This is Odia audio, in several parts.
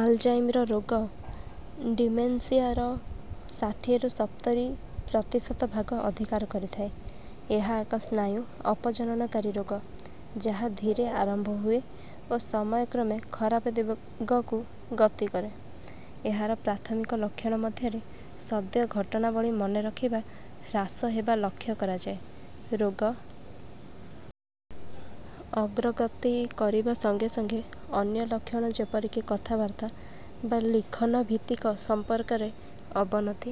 ଆଲଜାଇମର ରୋଗ, ଡିମେନ୍ସିଆର ଷାଠିଏ ରୁ ସପ୍ତରୀ ପ୍ରତିଶତ ଭାଗ ଅଧିକାର କରିଥାଏ। ଏହା ଏକ ସ୍ନାୟୁ ଅପଜନନକାରୀ ରୋଗ, ଯାହା ଧୀରେ ଆରମ୍ଭ ହୁଏ ଓ ସମୟକ୍ରମେ ଖରାପ ଦିଗକୁ ଗତି କରେ। ଏହାର ପ୍ରାଥମିକ ଲକ୍ଷଣ ମଧ୍ୟରେ ସଦ୍ୟ ଘଟଣାବଳୀ ମନେରଖିବା ହ୍ରାସ ହେବା ଲକ୍ଷ୍ୟ କରାଯାଏ। ରୋଗ ଅଗ୍ରଗତି କରିବା ସଙ୍ଗେ ସଙ୍ଗେ ଅନ୍ୟ ଲକ୍ଷଣ ଯେପରିକି କଥାବାର୍ତ୍ତା ବା ଲିଖନ ଭିତ୍ତିକ ସମ୍ପର୍କରେ ଅବନତି,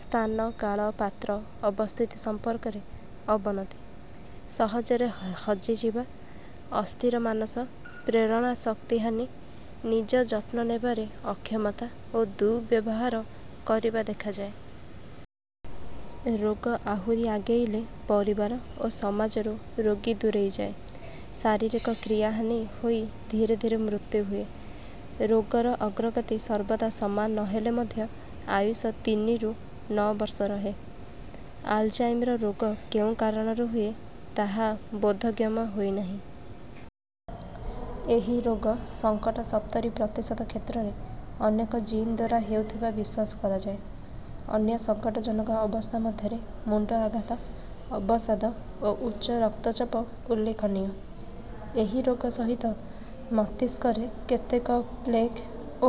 ସ୍ଥାନ କାଳ ପାତ୍ର ଅବସ୍ଥିତି ସମ୍ପର୍କରେ ଅବନତି, ସହଜରେ ହଜିଯିବା, ଅସ୍ଥିର ମାନସ, ପ୍ରେରଣାଶକ୍ତି ହାନି, ନିଜ ଯତ୍ନ ନେବାରେ ଅକ୍ଷମତା ଓ ଦୁର୍ବ୍ୟବହାର କରିବା ଦେଖାଯାଏ। ରୋଗ ଆହୁରି ଆଗେଇଲେ ପରିବାର ଓ ସମାଜରୁ ରୋଗୀ ଦୂରେଇଯାଏ। ଶାରୀରିକ କ୍ରିୟାହାନି ହୋଇ ଧୀରେ ଧୀରେ ମୃତ୍ୟୁ ହୁଏ। ରୋଗର ଅଗ୍ରଗତି ସର୍ବଦା ସମାନ ନ ହେଲେ ମଧ୍ୟ ଆୟୁଷ ତିନି ରୁ ନଅ ବର୍ଷ ରହେ। ଆଲଜାଇମର ରୋଗ କେଉଁ କାରଣରୁ ହୁଏ, ତାହା ବୋଧଗମ୍ୟ ହୋଇନାହିଁ। ଏହି ରୋଗ ସଙ୍କଟ ସପ୍ତରୀ ପ୍ରତିଶତ କ୍ଷେତ୍ରରେ ଅନେକ ଜିନ୍‌ ଦ୍ୱାରା ହେଉଥିବା ବିଶ୍ୱାସ କରାଯାଏ। ଅନ୍ୟ ସଙ୍କଟଜନକ ଅବସ୍ଥା ମଧ୍ୟରେ ମୁଣ୍ଡ ଆଘାତ, ଅବସାଦ ଓ ଉଚ୍ଛ ରକ୍ତଚାପ ଉଲ୍ଲେଖନୀୟ। ଏହି ରୋଗ ସହିତ ମସ୍ତିଷ୍କରେ କେତେକ ପ୍ଲେକ୍ ଓ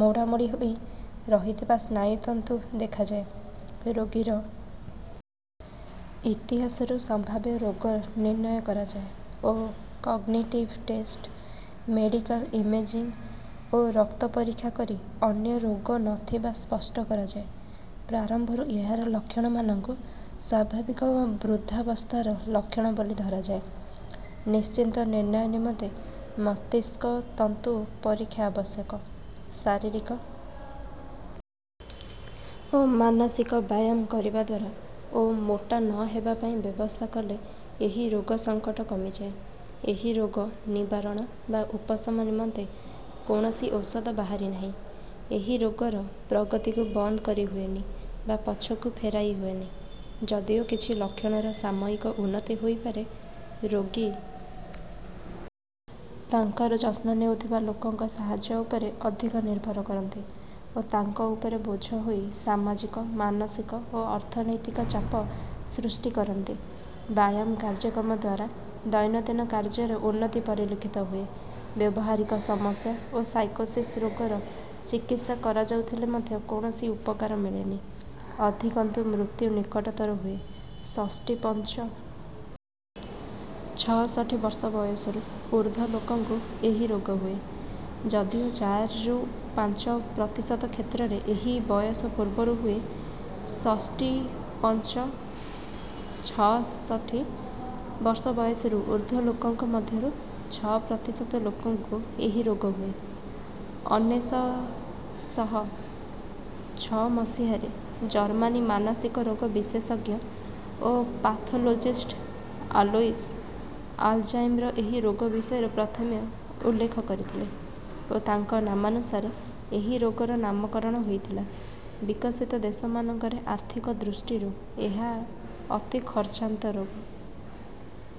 ମୋଡ଼ିମାଡ଼ି ହୋଇ ରହିଥିବା ସ୍ନାୟୁ ତନ୍ତୁ ଦେଖାଯାଏ। ରୋଗୀର ଇତିହାସରୁ ସମ୍ଭାବ୍ୟ ରୋଗ ନିର୍ଣ୍ଣୟ କରାଯାଏ ଓ କଗ୍ନିଟିଭ୍ ଟେଷ୍ଟ, ମେଡିକାଲ ଇମେଜିଙ୍ଗ୍ ଓ ରକ୍ତ ପରୀକ୍ଷା କରି ଅନ୍ୟ ରୋଗ ନ ଥିବା ସ୍ପଷ୍ଟ କରାଯାଏ। ପ୍ରାରମ୍ଭରୁ ଏହାର ଲକ୍ଷଣମାନଙ୍କୁ ସ୍ୱାଭାବିକ ବୃଦ୍ଧାବସ୍ଥାର ଲକ୍ଷଣ ବୋଲି ଧରାଯାଏ। ନିଶ୍ଚିତ ନିର୍ଣ୍ଣୟ ନିମନ୍ତେ ମସ୍ତିଷ୍କ ତନ୍ତୁ ପରୀକ୍ଷା ଆବଶ୍ୟକ। ଶାରୀରିକ ଓ ମାନସିକ ବ୍ୟାୟାମ କରିବା ଦ୍ୱାରା ଓ ମୋଟା ନ ହେବା ପାଇଁ ବ୍ୟବସ୍ଥା କଲେ ଏହି ରୋଗ ସଙ୍କଟ କମିଯାଏ। ଏହି ରୋଗ ନିବାରଣ ବା ଉପଶମ ନିମନ୍ତେ କୌଣସି ଔଷଧ ବାହାରି ନାହିଁ। ଏହି ରୋଗର ପ୍ରଗତିକୁ ବନ୍ଦ କରିହୁଏନି ବା ପଛକୁ ଫେରାଇ ହୁଏନି, ଯଦିଓ କିଛି ଲକ୍ଷଣର ସାମୟିକ ଉନ୍ନତି ହୋଇପାରେ। ରୋଗୀ ତାଙ୍କର ଯତ୍ନ ନେଉଥିବା ଲୋକଙ୍କ ସାହାଯ୍ୟ ଉପରେ ଅଧିକ ନିର୍ଭର କରନ୍ତି ଓ ତାଙ୍କ ଉପରେ ବୋଝ ହୋଇ ସାମାଜିକ, ମାନସିକ ଓ ଅର୍ଥନୈତିକ ଚାପ ସୃଷ୍ଟି କରନ୍ତି। ବ୍ୟାୟାମ କାର୍ଯ୍ୟକ୍ରମ ଦ୍ୱାରା ଦୈନନ୍ଦିନ କାର୍ଯ୍ୟରେ ଉନ୍ନତି ପରିଲକ୍ଷିତ ହୁଏ। ବ୍ୟବହାରିକ ସମସ୍ୟା ଓ ସାଇକୋସିସ୍ ରୋଗର ଚିକିତ୍ସା କରାଯାଉଥିଲେ ମଧ୍ୟ କୌଣସି ଉପକାର ମିଳେନି, ଅଧିକନ୍ତୁ ମୃତ୍ୟୁ ନିକଟତର ହୁଏ। ଷଷ୍ଠୀପଞ୍ଚ (ଛଷଠି) ବର୍ଷ ବୟସରୁ ଊର୍ଦ୍ଧ୍ୱ ଲୋକଙ୍କୁ ଏହି ରୋଗ ହୁଏ, ଯଦିଓ ଚାରି ରୁ ପାଞ୍ଚ ପ୍ରତିଶତ କ୍ଷେତ୍ରରେ ଏହି ବୟସ ପୂର୍ବରୁ ହୁଏ। ଷଷ୍ଠୀପଞ୍ଚ (ଛଷଠି) ବର୍ଷ ବୟସରୁ ଊର୍ଦ୍ଧ୍ୱ ଲୋକଙ୍କ ମଧ୍ୟରୁ ଛଅ ପ୍ରତିଶତ ଲୋକଙ୍କୁ ଏହି ରୋଗ ହୁଏ। ଅନେଶ ଶହ ଛଅ ମସିହା ରେ ଜର୍ମାନୀ ମାନସିକ ରୋଗ ବିଶେଷଜ୍ଞ ଓ ପାଥୋଲୋଜିଷ୍ଟ ଆଲୋଇସ୍ ଆଲଜାଇମର ଏହି ରୋଗ ବିଷୟରେ ପ୍ରଥମେ ଉଲ୍ଲେଖ କରିଥିଲେ ଓ ତାଙ୍କ ନାମାନୁସାରେ ଏହି ରୋଗର ନାମକରଣ ହୋଇଥିଲା। ବିକଶିତ ଦେଶମାନଙ୍କରେ ଆର୍ଥିକ ଦୃଷ୍ଟିରୁ ଏହା ଅତି ଖର୍ଚ୍ଚାନ୍ତ ରୋଗ।